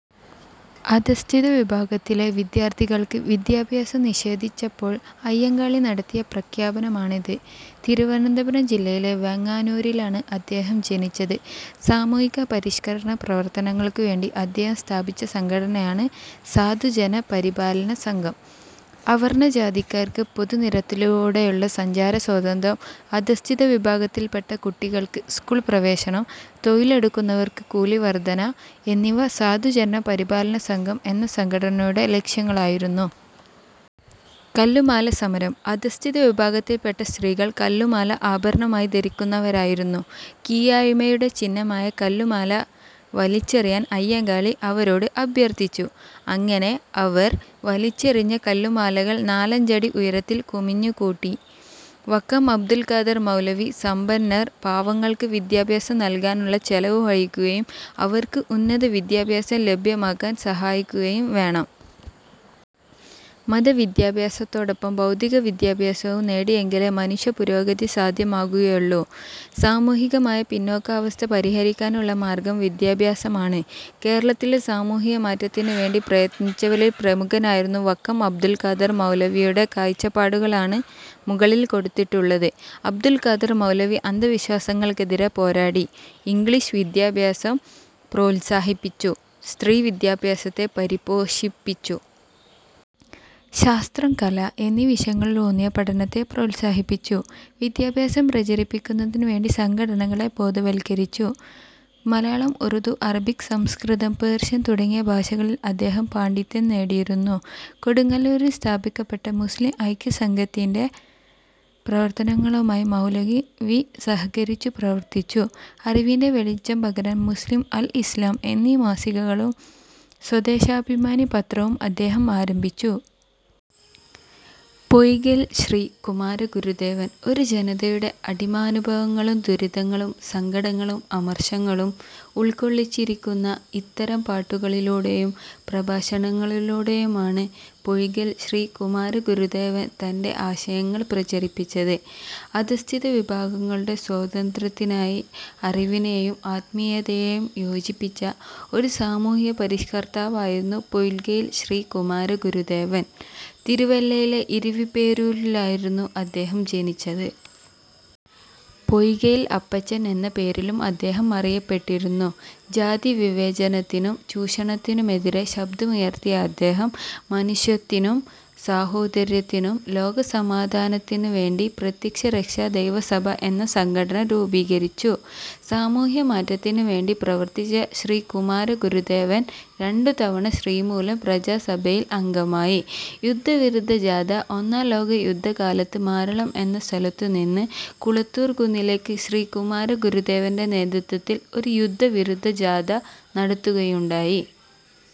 " അധഃസ്ഥിത വിഭാഗത്തിലെ വിദ്യാർത്ഥികൾക്ക് വിദ്യാഭ്യാസം നിഷേധിച്ചപ്പോൾ അയ്യങ്കാളി നടത്തിയ പ്രഖ്യാപനമാണിത്. തിരുവനന്തപുരം ജില്ലയിലെ വെങ്ങാനൂരിലാണ് അദ്ദേഹം ജനിച്ചത്. സാമൂഹ്യപരിഷ്കരണ പ്രവർത്തനങ്ങൾക്കുവേണ്ടി അദ്ദേഹം സ്ഥാപിച്ച സംഘടനയാണ് "സാധുജനപരിപാലനസംഘം". അവർണ്ണ ജാതിക്കാർക്ക് പൊതു നിരത്തുകളിലൂടെയുള്ള സഞ്ചാര സ്വാതന്ത്ര്യം, അധഃസ്ഥിത വിഭാഗത്തിൽപ്പെട്ട കുട്ടികൾക്ക് സ്കൂൾ പ്രവേശനം, തൊഴിലെടുക്കുന്നവർക്ക് കൂലി വർദ്ധന എന്നിവ സാധുജനപരിപാലനസംഘം എന്ന സംഘടനയുടെ ലക്ഷ്യങ്ങളായിരുന്നു. കല്ലുമാല സമരം അധഃസ്ഥിത വിഭാഗത്തിൽപ്പെട്ട സ്ത്രീകൾ കല്ലുമാല ആഭരണമായി ധരിക്കുന്നവരായിരുന്നു. കീഴായ്മയുടെ ചിഹ്നമായ കല്ലുമാല വലിച്ചെറിയാൻ അയ്യങ്കാളി അവരോട് അഭ്യർഥിച്ചു. അങ്ങനെ അവർ വലിച്ചെറിഞ്ഞ കല്ലുമാലകൾ നാലഞ്ചടി ഉയരത്തിൽ കുമിഞ്ഞുകൂടി. വക്കം അബ്ദുൽ ഖാദർ മൗലവി- സമ്പന്നർ പാവങ്ങൾക്ക് വിദ്യാഭ്യാസം നൽകാനുള്ള ചെലവ് വഹിക്കുകയും അവർക്ക് ഉന്നത വിദ്യാഭ്യാസം ലഭ്യമാക്കാൻ സഹായിക്കുകയും വേണം. മതവിദ്യാഭ്യാസത്തോടൊപ്പം ഭൗതിക വിദ്യാഭ്യാസവും നേടിയെങ്കിലേ മനുഷ്യ പുരോഗതി സാധ്യമാകുകയുള്ളൂ. സാമൂഹികമായ പിന്നാക്കാവസ്ഥ പരിഹരിക്കാനുള്ള മാർഗ്ഗം വിദ്യാഭ്യാസമാണ്. കേരളത്തിന്റെ സാമൂഹ്യമാറ്റത്തിനുവേണ്ടി പ്രയത്നിച്ചവരിൽ പ്രമുഖനായിരുന്ന വക്കം അബ്ദുൾ ഖാദർ മൗലവിയുടെ കാഴ്ചപ്പാടുകളാണ് മുകളിൽ കൊടുത്തിട്ടുള്ളത്. അബ്ദുൾ ഖാദർ മൗലവി അന്ധവിശ്വാസങ്ങൾക്കെതിരെ പോരാടി. ഇംഗ്ലീഷ് വിദ്യാഭ്യാസം പ്രോത്സാഹിപ്പിച്ചു. സ്ത്രീവിദ്യാഭ്യാസത്തെ പരിപോഷിപ്പിച്ചു. ശാസ്ത്രം, കല എന്നീ വിഷയങ്ങളിലൂന്നിയ പഠനത്തെ പ്രോത്സാഹിപ്പിച്ചു. വിദ്യാഭ്യാസം പ്രചരിപ്പിക്കുന്നതിനുവേണ്ടി സംഘടനകളെ ബോധവൽക്കരിച്ചു. മലയാളം, ഉറുദു, അറബിക്, സംസ്കൃതം, പേർഷ്യൻ തുടങ്ങിയ ഭാഷകളിൽ അദ്ദേഹം പാണ്ഡിത്യം നേടിയിരുന്നു. കൊടുങ്ങല്ലൂരിൽ സ്ഥാപിക്കപ്പെട്ട മുസ്ലീം ഐക്യ സംഘത്തിന്റെ പ്രവർത്തനങ്ങളുമായി മൗലവി സഹകരിച്ചു പ്രവർത്തിച്ചു. അറിവിന്റെ വെളിച്ചം പകരാൻ ""മുസ്ലീം', ""അൽ ഇസ്ലാം' എന്നീ മാസികകളും ""സ്വദേശാഭിമാനി' പത്രവും അദ്ദേഹം ആരംഭിച്ചു. പൊയ്കയിൽ ശ്രീ കുമാരഗുരുദേവൻ ഒരു ജനതയുടെ അടിമാനുഭവങ്ങളും ദുരിതങ്ങളും സങ്കടങ്ങളും അമർഷങ്ങളും ഉൾക്കൊള്ളിച്ചിരിക്കുന്ന ഇത്തരം പാട്ടുകളിലൂടെയും പ്രഭാഷണങ്ങളിലൂടെയുമാണ് പൊയ്കയിൽ ശ്രീ കുമാരഗുരുദേവൻ തന്റെ ആശയങ്ങൾ പ്രചരിപ്പിച്ചത്. അധഃസ്ഥിത വിഭാഗങ്ങളുടെ സ്വാതന്ത്ര്യത്തിനായി അറിവിനെയും ആത്മീയതയെയും യോജിപ്പിച്ച ഒരു സാമൂഹ്യപരിഷ്കർത്താവായിരുന്നു പൊയ്കയിൽ ശ്രീ കുമാരഗുരുദേവൻ. തിരുവല്ലയിലെ ഇരവിപേരൂരിലായിരുന്നു അദ്ദേഹം ജനിച്ചത്. പൊയ്കയിൽ അപ്പച്ചൻ എന്ന പേരിലും അദ്ദേഹം അറിയപ്പെട്ടിരുന്നു. ജാതിവിവേചനത്തിനും ചൂഷണത്തിനുമെതിരെ ശബ്ദമുയർത്തിയ അദ്ദേഹം മനുഷ്യത്തിനും സാഹോദര്യത്തിനും ലോക സമാധാനത്തിനും വേണ്ടി പ്രത്യക്ഷരക്ഷാദൈവ സഭ എന്ന സംഘടന രൂപീകരിച്ചു. സാമൂഹ്യ മാറ്റത്തിനുവേണ്ടി പ്രവർത്തിച്ച ശ്രീ കുമാരഗുരുദേവൻ രണ്ടു തവണ ശ്രീമൂലം പ്രജാസഭയിൽ അംഗമായി. യുദ്ധവിരുദ്ധ ജാഥ ഒന്നാം ലോകയുദ്ധ കാലത്ത് മാരളം എന്ന സ്ഥലത്തുനിന്ന് കുളത്തൂർകുന്നിലേക്ക് ശ്രീ കുമാരഗുരുദേവന്റെ നേതൃത്വത്തിൽ ഒരു യുദ്ധവിരുദ്ധ ജാഥ നടത്തുകയുണ്ടായി.